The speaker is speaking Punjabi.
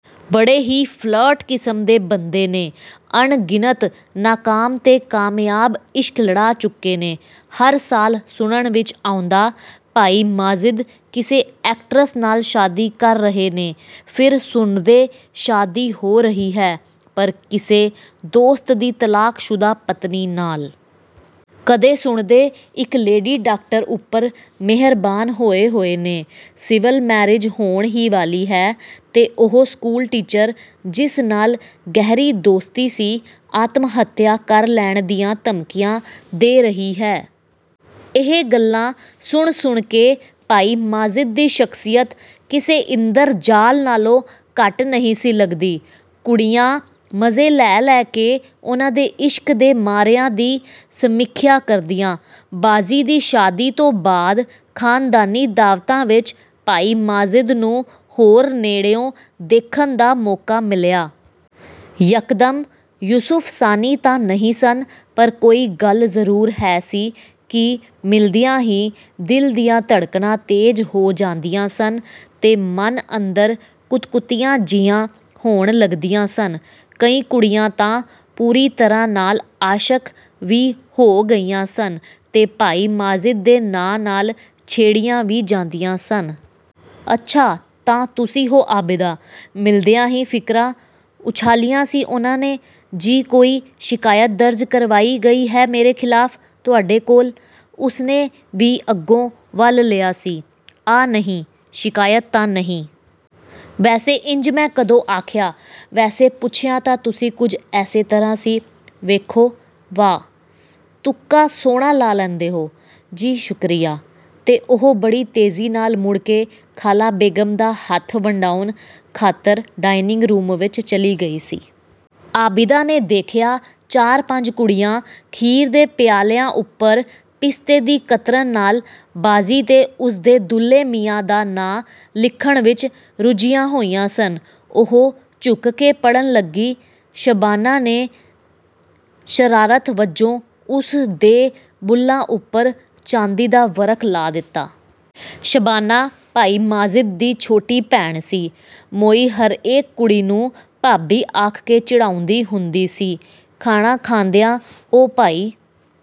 ਬੜੇ ਹੀ ਫਲਰਟ ਕਿਸਮ ਦੇ ਬੰਦੇ ਨੇ, ਅਣਗਿਣਤ ਨਾਕਾਮ ਤੇ ਕਾਮਯਾਬ ਇਸ਼ਕ ਲੜਾ ਚੁੱਕੇ ਨੇ। ਹਰ ਸਾਲ ਸੁਣਨ ਵਿੱਚ ਆਉਂਦਾ, ਭਾਈ ਮਾਜਿਦ ਕਿਸੇ ਐਕਟਰੈਸ ਨਾਲ ਸ਼ਾਦੀ ਕਰ ਰਹੇ ਨੇ। ਫਿਰ ਸੁਣਦੇ, ਸ਼ਾਦੀ ਹੋ ਰਹੀ ਹੈ, ਪਰ ਕਿਸੇ ਦੋਸਤ ਦੀ ਤਲਾਕ ਸ਼ੁਦਾ ਪਤਨੀ ਨਾਲ। ਕਦੇ ਸੁਣਦੇ, ਇੱਕ ਲੇਡੀ ਡਾਕਟਰ ਉੱਪਰ ਮਿਹਰਬਾਨ ਹੋਏ ਹੋਏ ਨੇ, ਸਿਵਲ ਮੈਰਿਜ ਹੋਣ ਹੀ ਵਾਲੀ ਹੈ ਤੇ ਉਹ ਸਕੂਲ ਟੀਚਰ ਜਿਸ ਨਾਲ ਗਹਿਰੀ ਦੋਸਤੀ ਸੀ, ਆਤਮ-ਹੱਤਿਆ ਕਰ ਲੈਣ ਦੀਆਂ ਧਮਕੀਆਂ ਦੇ ਰਹੀ ਹੈ। ਇਹ ਗੱਲਾਂ ਸੁਣ-ਸੁਣ ਕੇ ਭਾਈ ਮਾਜਿਦ ਦੀ ਸ਼ਖਸੀਅਤ, ਕਿਸੇ ਇੰਦਰ ਜਾਲ ਨਾਲੋਂ ਘੱਟ ਨਹੀਂ ਸੀ ਲੱਗਦੀ। ਕੁੜੀਆਂ ਮਜ਼ੇ ਲੈ-ਲੈ ਕੇ ਉਨ੍ਹਾਂ ਦੇ ਇਸ਼ਕ ਦੇ ਮਾਰਿਆਂ ਦੀ ਸਮੀਖਿਆ ਕਰਦੀਆਂ। ਬਾਜੀ ਦੀ ਸ਼ਾਦੀ ਤੋਂ ਬਾਅਦ ਖਾਨਦਾਨੀ ਦਾਵਤਾਂ ਵਿੱਚ ਭਾਈ ਮਾਜਿਦ ਨੂੰ ਹੋਰ ਨੇੜਿਓਂ ਦੇਖਣ ਦਾ ਮੌਕਾ ਮਿਲਿਆ। ਯਕਦਮ ਯੁਸਫ਼ ਸਾਨੀ ਤਾਂ ਨਹੀਂ ਸਨ ਪਰ ਕੋਈ ਗੱਲ ਜ਼ਰੂਰ ਹੈ ਸੀ ਕਿ ਮਿਲਦਿਆਂ ਹੀ ਦਿਲ ਦੀਆਂ ਧੜਕਨਾਂ ਤੇਜ਼ ਹੋ ਜਾਂਦੀਆਂ ਸਨ ਤੇ ਮਨ ਅੰਦਰ ਕੁਤਕੁਤੀਆਂ ਜਿਹੀਆਂ ਹੋਣ ਲੱਗਦੀਆਂ ਸਨ। ਕਈ ਕੁੜੀਆਂ ਤਾਂ ਪੂਰੀ ਤਰ੍ਹਾਂ ਨਾਲ ਆਸ਼ਕ ਵੀ ਹੋ ਗਈਆਂ ਸਨ ਤੇ ਭਾਈ ਮਾਜਿਦ ਦੇ ਨਾਂ ਨਾਲ ਛੇੜੀਆਂ ਵੀ ਜਾਂਦੀਆਂ ਸਨ। "ਅੱਛਾ, ਤਾਂ ਤੁਸੀਂ ਹੋ ਆਬਿਦਾ।" ਮਿਲਦਿਆਂ ਹੀ ਫਿਕਰਾ ਉਛਾਲਿਆ ਸੀ ਉਨ੍ਹਾਂ ਨੇ। "ਜੀ, ਕੋਈ ਸ਼ਿਕਾਇਤ ਦਰਜ ਕਰਵਾਈ ਗਈ ਹੈ ਮੇਰੇ ਖ਼ਿਲਾਫ਼ ਤੁਹਾਡੇ ਕੋਲ?" ਉਸਨੇ ਵੀ ਅੱਗੋਂ ਵਲ ਲਿਆ ਸੀ।"ਆ, ਨਹੀਂ, ਸ਼ਿਕਾਇਤ ਤਾਂ ਨਹੀਂ। ਵੈਸੇ ਇੰਜ ਮੈਂ ਕਦੋਂ ਆਖਿਆ?""ਵੈਸੇ ਪੁੱਛਿਆ ਤਾਂ ਤੁਸੀਂ ਕੁਝ ਐਸੇ ਤਰ੍ਹਾਂ ਸੀ।" "ਵੇਖੋ ਵਾਹ, ਤੁੱਕਾ ਸੋਹਣਾ ਲਾ ਲੈਂਦੇ ਹੋ।""ਜੀ, ਸ਼ੁਕਰੀਆ।"ਤੇ ਉਹ ਬੜੀ ਤੇਜ਼ੀ ਨਾਲ ਮੁੜ ਕੇ ਖਾਲਾ ਬੇਗਮ ਦਾ ਹੱਥ ਵੰਡਾਉਣ ਖਾਤਰ ਡਾਇਨਿੰਗ-ਰੂਮ ਵਿੱਚ ਚਲੀ ਗਈ ਸੀ। ਆਬਿਦਾ ਨੇ ਦੇਖਿਆ ਚਾਰ-ਪੰਜ ਕੁੜੀਆਂ ਖੀਰ ਦੇ ਪਿਆਲਿਆਂ ਉੱਪਰ ਪਿਸਤੇ ਦੀ ਕਤਰਨ ਨਾਲ ਬਾਜੀ ਤੇ ਉਸਦੇ ਦੂਲਹੇ ਮੀਆਂ ਦਾ ਨਾਂ ਲਿਖਣ ਵਿੱਚ ਰੁੱਝੀਆਂ ਹੋਈਆਂ ਸਨ। ਉਹ ਝੁਕ ਕੇ ਪੜ੍ਹਨ ਲੱਗੀ, ਸ਼ਬਾਨਾ ਨੇ ਸ਼ਰਾਰਤ ਵਜੋਂ ਉਸ ਦੇ ਬੁੱਲ੍ਹਾਂ ਉੱਪਰ ਚਾਂਦੀ ਦਾ ਵਰਕ ਲਾ ਦਿੱਤਾ। ਸ਼ਬਾਨਾ ਭਾਈ ਮਾਜਿਦ ਦੀ ਛੋਟੀ ਭੈਣ ਸੀ, ਮੋਈ ਹਰੇਕ ਕੁੜੀ ਨੂੰ ਭਾਬੀ ਆਖ ਕੇ ਚਿੜਾਉਂਦੀ ਹੁੰਦੀ ਸੀ। ਖਾਣਾ ਖਾਂਦਿਆਂ ਉਹ ਭਾਈ